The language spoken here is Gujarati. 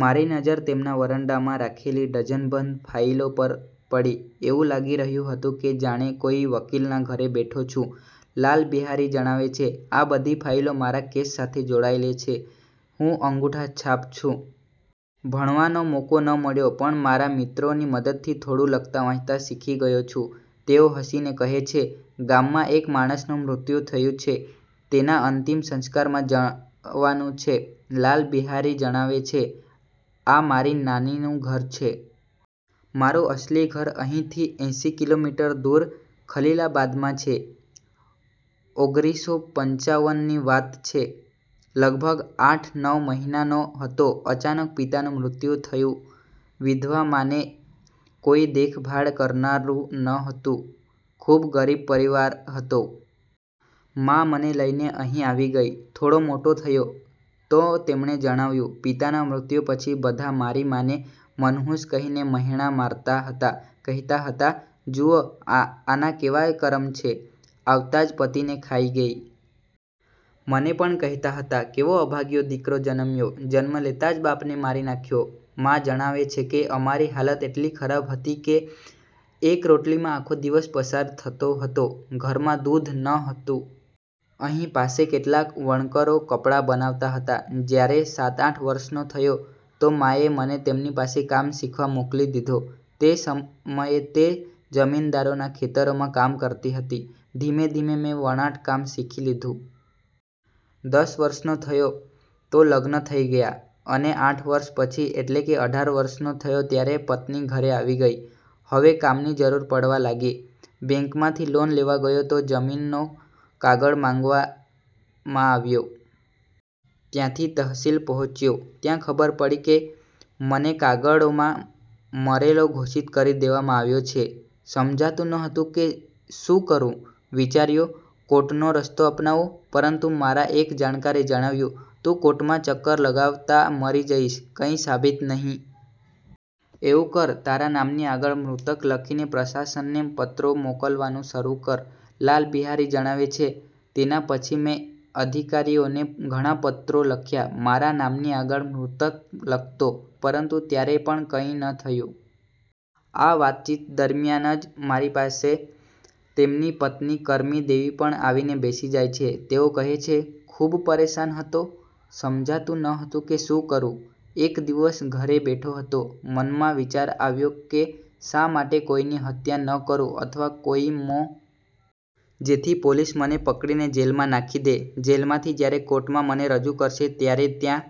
મારી નજર તેમના વરંડામાં રાખેલી ડઝનબંધ ફાઈલો પર પડી. એવું લાગી રહ્યું હતું કે જાણે કોઈ વકીલના ઘરે બેઠો છું. લાલ બિહારી જણાવે છે, "આ બધી ફાઈલો મારા કેસ સાથે જોડાયેલી છે. હું અંગૂઠાછાપ છું. ભણવાનો મોકો ન મળ્યો, પણ મારા મિત્રોની મદદથી થોડું લખતા-વાંચતા શીખી ગયો છું." તેઓ હસીને કહે છે, "ગામમાં એક માણસનું મૃત્યુ થયું છે. તેના અંતિમ સંસ્કારમાં જવાનું છે." લાલ બિહારી જણાવે છે, "આ મારી નાનીનું ઘર છે. મારું અસલી ઘર અહીંથી એંસી કિલોમીટર દૂર ખલીલાબાદમાં છે. ઓગરીસો પંચાવન ની વાત છે. લગભગ આઠ-નવ મહિનાનો હતો. અચાનક પિતાનું મૃત્યુ થયું. વિધવા મા ને કોઈ દેખભાળ કરનારું નહોતું. ખૂબ ગરીબ પરિવાર હતો. મા મને લઈને અહીં આવી ગઈ. થોડો મોટો થયો." તો તેમણે જણાવ્યું, "પિતાના મૃત્યુ પછી બધા મારી માને 'મનહૂસ' કહીને મહેણાં મારતા હતા." કહેતા હતા, "જુઓ, આના કેવા કરમ છે. આવતા જ પતિને ખાઈ ગઈ." મને પણ કહેતા હતા, "કેવો અભાગીયો દીકરો જન્મ્યો. જન્મ લેતા જ બાપને મારી નાખ્યો." મા જણાવે છે કે, "અમારી હાલત એટલી ખરાબ હતી કે એક રોટલીમાં આખો દિવસ પસાર થતો હતો. ઘરમાં દૂધ નહોતું." "અહીં પાસે કેટલાક વણકરો કપડાં બનાવતા હતા. જ્યારે સાત-આઠ વર્ષનો થયો, તો માએ મને તેમની પાસે કામ શીખવા મોકલી દીધો. તે સમયે તે જમીનદારોના ખેતરોમાં કામ કરતી હતી. ધીમે-ધીમે મેં વણાટકામ શીખી લીધું. દસ વર્ષનો થયો તો લગ્ન થઈ ગયા, અને આઠ વર્ષ પછી, એટલે કે અઢાર વર્ષનો થયો ત્યારે પત્ની ઘરે આવી ગઈ. હવે કામની જરૂર પડવા લાગી. બેંકમાંથી લોન લેવા ગયો તો જમીનનો કાગળ માંગવામાં આવ્યો. ત્યાંથી તહસીલ પહોંચ્યો. ત્યાં ખબર પડી કે મને કાગળોમાં મરેલો ઘોષિત કરી દેવામાં આવ્યો છે. સમજાતું નહોતું કે શું કરું? વિચાર્યું, કોર્ટનો રસ્તો અપનાવું, પરંતુ મારા એક જાણકારે જણાવ્યું, "તું કોર્ટમાં ચક્કર લગાવતા મરી જઈશ, કંઈ સાબિત નહીં એવું કર, તારા નામની આગળ મૃતક લખીને પ્રશાસનને પત્રો મોકલવાનું શરૂ કર." લાલ બિહારી જણાવે છે, "તેના પછી મેં અધિકારીઓને ઘણા પત્રો લખ્યા. મારા નામની આગળ મૃતક લખતો, પરંતુ ત્યારે પણ કંઈ ન થયું." આ વાતચીત દરમિયાન જ પાસે તેમની પત્ની કરમી દેવી પણ આવીને બેસી જાય છે. તેઓ કહે છે, "ખૂબ પરેશાન હતો. સમજાતું નહોતું કે શું કરું? એક દિવસ ઘરે બેઠો હતો. મનમાં વિચાર આવ્યો કે શા માટે કોઈની હત્યા ન કરું અથવા કોઈ મો જેથી પોલીસ મને પકડીને જેલમાં નાખી દે. જેલમાંથી જ્યારે કોર્ટમાં મને રજૂ કરશે ત્યારે ત્યાં